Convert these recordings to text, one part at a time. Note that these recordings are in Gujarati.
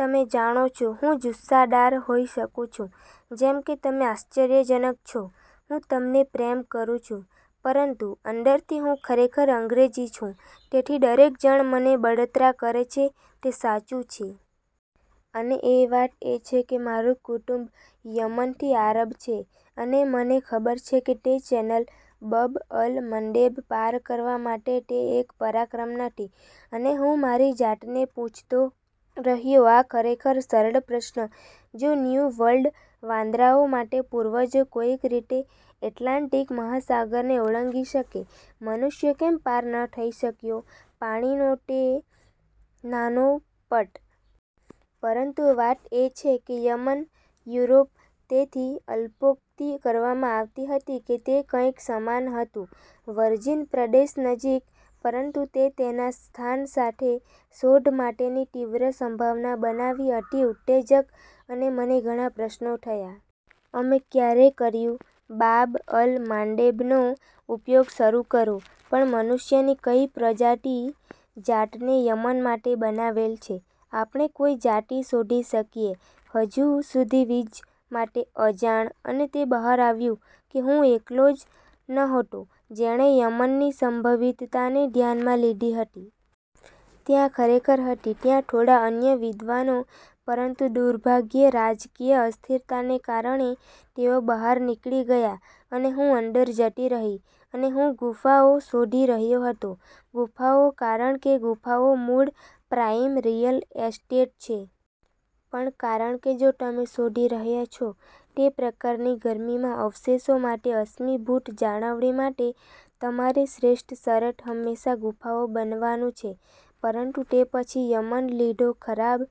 તમે જાણો છો હું જુસ્સાદાર હોઈ શકું છું. જેમ કે, "તમે આશ્ચર્યજનક છો. હું તમને પ્રેમ કરું છું." પરંતુ અંદરથી હું ખરેખર અંગ્રેજી છું. તેથી દરેક જણ મને બળતરા કરે છે તે સાચું છે. અને વાત એ છે કે મારું કુટુંબ યમનથી આરબ છે અને મને ખબર છે કે તે ચેનલ બબ-અલ-મંડેબ પાર કરવા માટે તે એક પરાક્રમ નથી. અને હું મારી જાતને પૂછતો રહ્યો આ ખરેખર સરળ પ્રશ્ન, "જો ન્યૂ વર્લ્ડ વાંદરાઓ માટે પૂર્વજો કોઈક રીતે એટલાન્ટિક મહાસાગરને ઓળંગી શકે, મનુષ્ય કેમ પાર ન થઈ શક્યો પાણીનો તે નાનો પટ?" પરંતુ વાત એ છે કે યમન, યુરોપ તેથી અલ્પોક્તિ કરવામાં આવી હતી કે તે કંઈક સમાન હતું વર્જિન પ્રદેશ નજીક. પરંતુ તે તેના સ્થાન સાથે શોધ માટેની તીવ્ર સંભાવના બનાવી અતિ ઉતેજક અને મને ઘણા પ્રશ્નો થયા. અમે ક્યારે કર્યું? બાબ-અલ-માંડેબનો ઉપયોગ શરૂ કરો? પણ, મનુષ્યની કઈ પ્રજાતિ જાતને યમન માટે બનાવેલ છે? આપણે કોઈ જાતિ શોધી શકીએ હજુ સુધી વિજ્ માટે અજાણ? અને તે બહાર આવ્યું. હું એકલો જ નહોતો જેણે યમનની સંભવિતતાને ધ્યાનમાં લીધી હતી. ત્યાં ખરેખર હતી ત્યાં થોડા અન્ય વિદ્વાનો. પરંતુ દુર્ભાગ્યે, રાજકીય અસ્થિરતાને કારણે તેઓ બહાર નીકળી ગયા અને હું અંદર જતી રહી. અને હું ગુફાઓ શોધી રહ્યો હતો. ગુફાઓ કારણ કે ગુફાઓ મૂળ પ્રાઇમ રીઅલ એસ્ટેટ છે. પણ કારણ કે જો તમે શોધી રહ્યા છો તે પ્રકારની ગરમીમાં અવશેષો માટે, અશ્મિભૂત જાળવણી માટે તમારી શ્રેષ્ઠ શરત હંમેશા ગુફાઓ બનવાનું છે. પરંતુ તે પછી યમન લીધો ખરાબ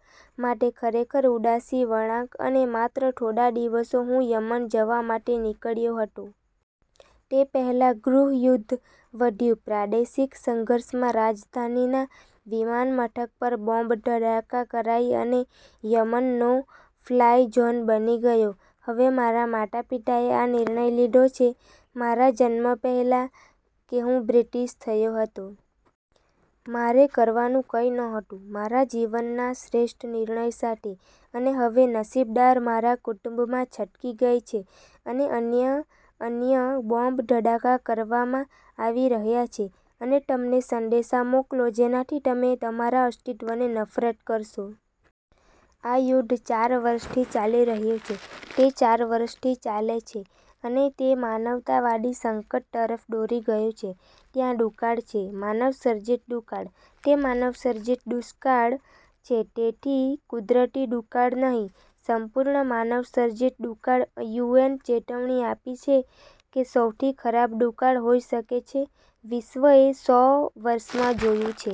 માટે ખરેખર ઉદાસી વળાંક અને માત્ર થોડા દિવસો હું યમન જવા માટે નીકળ્યો હતો. તે પહેલાં ગૃહ યુદ્ધ વધ્યું પ્રાદેશિક સંઘર્ષમાં, રાજધાનીના વિમાનમથક પર બોમ્બ ધડાકા કરાઈ અને યમન નો ફ્લાય ઝોન બની ગયો. હવે, મારા માતાપિતાએ આ નિર્ણય લીધો છે મારા જન્મ પહેલાં કે હું બ્રિટીશ થયો હતો. મારે કરવાનું કંઈ નહોતું મારા જીવનના શ્રેષ્ઠ નિર્ણય સાથે. અને હવે, નસીબદાર મારા કુટુંબમાં છટકી ગઈ છે અને અન્ય અન્ય બોમ્બ ધડાકા કરવામાં આવી રહ્યા છે અને તમને સંદેશા મોકલો જેનાથી તમે તમારા અસ્તિત્વને નફરત કરશો. આ યુદ્ધ ચાર વર્ષથી ચાલી રહ્યું છે. તે ચાર વર્ષથી ચાલે છે અને તે માનવતાવાદી સંકટ તરફ દોરી ગયું છે. ત્યાં દુકાળ છે, માનવસર્જિત દુકાળ. તે માનવસર્જિત દુષ્કાળ છે. તેથી કુદરતી દુકાળ નહીં, સંપૂર્ણ માનવસર્જિત દુકાળ યુએન ચેતવણી આપી છે કે સૌથી ખરાબ દુકાળ હોઈ શકે છે વિશ્વએ સો વર્ષમાં જોયું છે.